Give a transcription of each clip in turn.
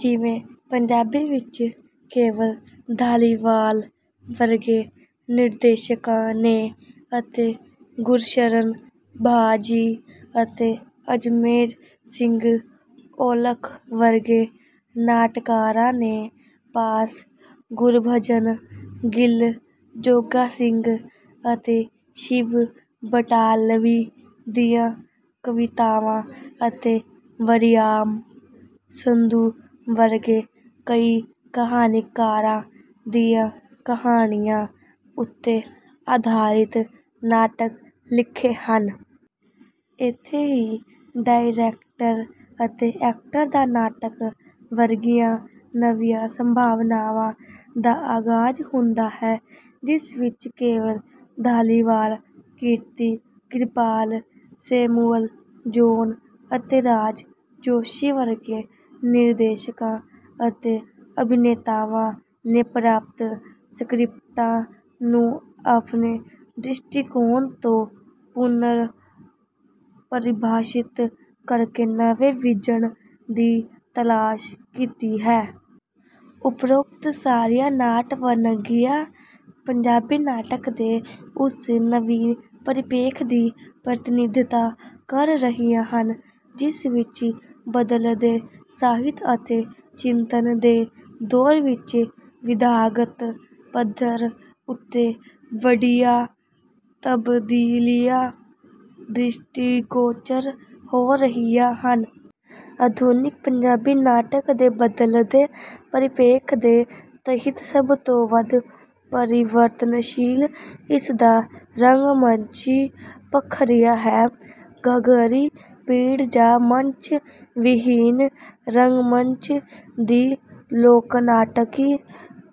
ਜਿਵੇਂ ਪੰਜਾਬੀ ਵਿੱਚ ਕੇਵਲ ਧਾਲੀਵਾਲ ਵਰਗੇ ਨਿਰਦੇਸ਼ਕਾਂ ਨੇ, ਅਤੇ ਗੁਰਸ਼ਰਨ ਭਾ ਜੀ ਅਤੇ ਅਜਮੇਰ ਸਿੰਘ ਔਲਖ ਵਰਗੇ ਨਾਟਕਾਰਾਂ ਨੇ, ਪਾਸ਼, ਗੁਰਭਜਨ ਗਿਲ, ਜੋਗਾ ਸਿੰਘ ਅਤੇ ਸ਼ਿਵ ਬਟਾਲਵੀ ਦੀਆਂ ਕਵਿਤਾਵਾਂ, ਅਤੇ ਵਰਿਆਮ ਸੰਧੂ ਵਰਗੇ ਕਈ ਕਹਾਣੀਕਾਰਾਂ ਦੀਆਂ ਕਹਾਣੀਆਂ ਉੱਤੇ ਆਧਾਰਿਤ ਨਾਟਕ ਲਿਖੇ ਹਨ। ਇੱਥੇ ਹੀ ਡਾਇਰੈਕਟਰ ਅਤੇ ਐਕਟਰ ਦਾ ਨਾਟਕ ਵਰਗੀਆਂ ਨਵੀਆਂ ਸੰਭਾਵਨਾਵਾਂ ਦਾ ਆਗਾਜ਼ ਹੁੰਦਾ ਹੈ। ਜਿਸ ਵਿੱਚ ਕੇਵਲ ਧਾਲੀਵਾਲ, ਕੀਰਤੀ ਕਿਰਪਾਲ, ਸੈਮੂਅਲ ਜੌਨ ਅਤੇ ਰਾਜ ਜੋਸ਼ੀ ਵਰਗੇ ਨਿਰਦੇਸ਼ਕਾਂ ਅਤੇ ਅਭਿਨੇਤਾਵਾਂ ਨੇ ਪ੍ਰਾਪਤ ਸਕ੍ਰਿਪਟਾਂ ਨੂੰ ਆਪਣੇ ਦ੍ਰਿਸ਼ਟੀਕੋਣ ਤੋਂ ਪੁਨਰ ਪਰਿਭਾਸ਼ਿਤ ਕਰਕੇ ਨਵੇਂ ਵਿਜ਼ਨ ਦੀ ਤਲਾਸ਼ ਕੀਤੀ ਹੈ। ਉਪਰੋਕਤ ਸਾਰੀਆਂ ਨਾਟ ਵੰਨਗੀਆਂ ਪੰਜਾਬੀ ਨਾਟਕ ਦੇ ਉਸ ਨਵੀਨ ਪਰਿਪੇਖ ਦੀ ਪ੍ਰਤੀਨਿਧਤਾ ਕਰ ਰਹੀਆਂ ਹਨ, ਜਿਸ ਵਿੱਚ ਬਦਲਦੇ ਸਾਹਿਤ ਅਤੇ ਚਿੰਤਨ ਦੇ ਦੌਰ ਵਿੱਚ ਵਿਧਾਗਤ ਪੱਧਰ ਉੱਤੇ ਵੱਡੀਆਂ ਤਬਦੀਲੀਆਂ ਦ੍ਰਿਸ਼ਟੀਗੋਚਰ ਹੋ ਰਹੀਆਂ ਹਨ। ਆਧੁਨਿਕ ਪੰਜਾਬੀ ਨਾਟਕ ਦੇ ਬਦਲਦੇ ਪਰਿਪੇਖ ਦੇ ਤਹਿਤ ਸਭ ਤੋਂ ਵੱਧ ਪਰਿਵਰਤਨਸ਼ੀਲ ਇਸ ਦਾ ਰੰਗਮੰਚੀ ਪੱਖ ਰਿਹਾ ਹੈ। ਘੱਗਰੀ ਪਿੜ ਜਾਂ ਮੰਚ ਵਿਹੀਨ ਰੰਗਮੰਚ ਦੀ ਲੋਕਨਾਟਕੀ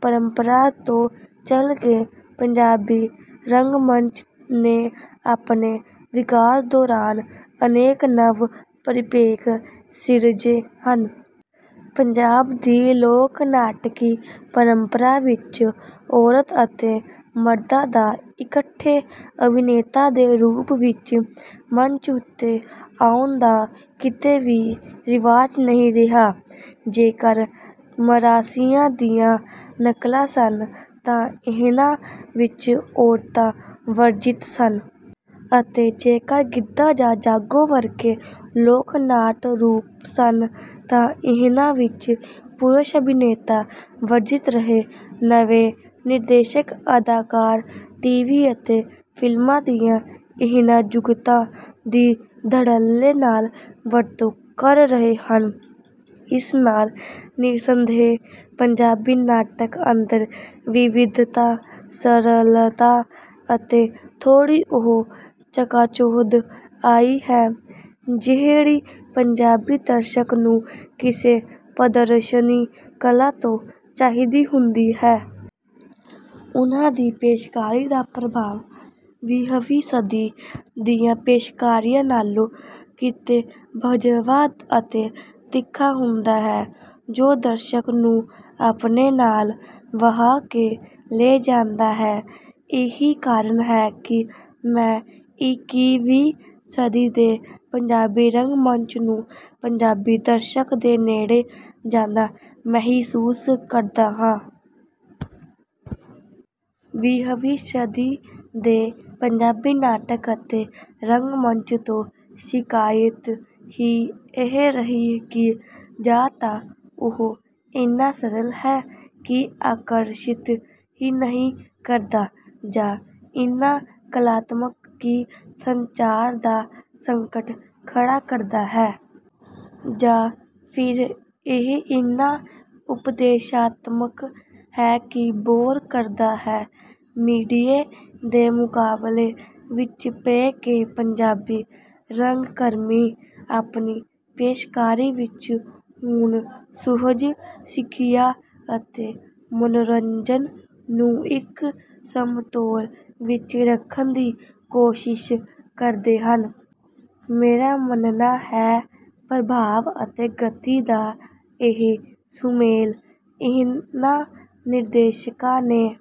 ਪਰੰਪਰਾ ਤੋਂ ਚੱਲ ਕੇ ਪੰਜਾਬੀ ਰੰਗਮੰਚ ਨੇ ਆਪਣੇ ਵਿਕਾਸ ਦੌਰਾਨ ਅਨੇਕ ਨਵ-ਪਰਿਪੇਖ ਸਿਰਜੇ ਹਨ। ਪੰਜਾਬ ਦੀ ਲੋਕ ਨਾਟਕੀ ਪਰੰਪਰਾ ਵਿੱਚ ਔਰਤ ਅਤੇ ਮਰਦਾਂ ਦਾ ਇਕੱਠੇ ਅਭਿਨੇਤਾ ਦੇ ਰੂਪ ਵਿੱਚ ਮੰਚ ਉੱਤੇ ਆਉਣ ਦਾ ਕਿਤੇ ਵੀ ਰਿਵਾਜ਼ ਨਹੀਂ ਰਿਹਾ। ਜੇਕਰ ਮਰਾਸੀਆਂ ਦੀਆਂ ਨਕਲਾਂ ਸਨ, ਤਾਂ ਇਹਨਾਂ ਵਿੱਚ ਔਰਤਾਂ ਵਰਜਿਤ ਸਨ। ਅਤੇ ਜੇਕਰ ਗਿੱਧਾ ਜਾਂ ਜਾਗੋ ਵਰਗੇ ਲੋਕ-ਨਾਟ ਰੂਪ ਸਨ, ਤਾਂ ਇਹਨਾਂ ਵਿੱਚ ਪੁਰਸ਼ ਅਭਿਨੇਤਾ ਵਰਜਿਤ ਰਹੇ। ਨਵੇਂ ਨਿਰਦੇਸ਼ਕ-ਅਦਾਕਾਰ ਟੀਵੀ ਅਤੇ ਫਿਲਮਾਂ ਦੀਆਂ ਇਹਨਾਂ ਜੁਗਤਾਂ ਦੀ ਧੜੱਲੇ ਨਾਲ ਵਰਤੋਂ ਕਰ ਰਹੇ ਹਨ। ਇਸ ਨਾਲ ਨਿਰਸੰਦੇਹ ਪੰਜਾਬੀ ਨਾਟਕ ਅੰਦਰ ਵਿਵਿਧਤਾ, ਸਰਲਤਾ ਅਤੇ ਥੋੜ੍ਹੀ ਉਹ ਚਕਾਚੌਂਧ ਆਈ ਹੈ, ਜਿਹੜੀ ਪੰਜਾਬੀ ਦਰਸ਼ਕ ਨੂੰ ਕਿਸੇ ਪ੍ਰਦਰਸ਼ਨੀ ਕਲਾ ਤੋਂ ਚਾਹੀਦੀ ਹੁੰਦੀ ਹੈ। ਉਨ੍ਹਾਂ ਦੀ ਪੇਸ਼ਕਾਰੀ ਦਾ ਪ੍ਰਭਾਵ ਵੀਹਵੀਂ ਸਦੀ ਦੀਆਂ ਪੇਸ਼ਕਾਰੀਆਂ ਨਾਲੋਂ ਕਿਤੇ ਬੱਝਵਾਂ ਅਤੇ ਤਿੱਖਾ ਹੁੰਦਾ ਹੈ, ਜੋ ਦਰਸ਼ਕ ਨੂੰ ਆਪਣੇ ਨਾਲ ਵਹਾ ਕੇ ਲੈ ਜਾਂਦਾ ਹੈ। ਇਹੀ ਕਾਰਨ ਹੈ ਕਿ ਮੈਂ ਇੱਕੀਵੀਂ ਸਦੀ ਦੇ ਪੰਜਾਬੀ ਰੰਗਮੰਚ ਨੂੰ ਪੰਜਾਬੀ ਦਰਸ਼ਕ ਦੇ ਨੇੜੇ ਜਾਂਦਾ ਮਹਿਸੂਸ ਕਰਦਾ ਹਾਂ। ਵੀਹਵੀਂ ਸਦੀ ਦੇ ਪੰਜਾਬੀ ਨਾਟਕ ਅਤੇ ਰੰਗਮੰਚ ਤੋਂ ਸ਼ਿਕਾਇਤ ਹੀ ਇਹ ਰਹੀ ਕਿ ਜਾਂ ਤਾਂ ਉਹ ਇੰਨਾ ਸਰਲ ਹੈ ਕਿ ਆਕਰਸ਼ਿਤ ਹੀ ਨਹੀਂ ਕਰਦਾ। ਜਾਂ ਇੰਨਾ ਕਲਾਤਮਕ ਕਿ ਸੰਚਾਰ ਦਾ ਸੰਕਟ ਖੜਾ ਕਰਦਾ ਹੈ। ਜਾਂ ਫਿਰ ਇਹ ਇੰਨਾ ਉਪਦੇਸ਼ਾਤਮਕ ਹੈ ਕਿ ਬੋਰ ਕਰਦਾ ਹੈ। ਮੀਡੀਏ ਦੇ ਮੁਕਾਬਲੇ ਵਿੱਚ ਪੈ ਕੇ ਪੰਜਾਬੀ ਰੰਗਕਰਮੀ ਆਪਣੀ ਪੇਸ਼ਕਾਰੀ ਵਿੱਚ ਹੁਣ ਸੁਹਜ, ਸਿੱਖਿਆ ਅਤੇ ਮਨੋਰੰਜਨ ਨੂੰ ਇੱਕ ਸਮਤੋਲ ਵਿੱਚ ਰੱਖਣ ਦੀ ਕੋਸ਼ਿਸ਼ ਕਰਦੇ ਹਨ। ਮੇਰਾ ਮੰਨਣਾ ਹੈ, ਪ੍ਰਭਾਵ ਅਤੇ ਗਤੀ ਦਾ ਇਹ ਸੁਮੇਲ ਇਹਨਾਂ ਨਿਰਦੇਸ਼ਕਾਂ ਨੇ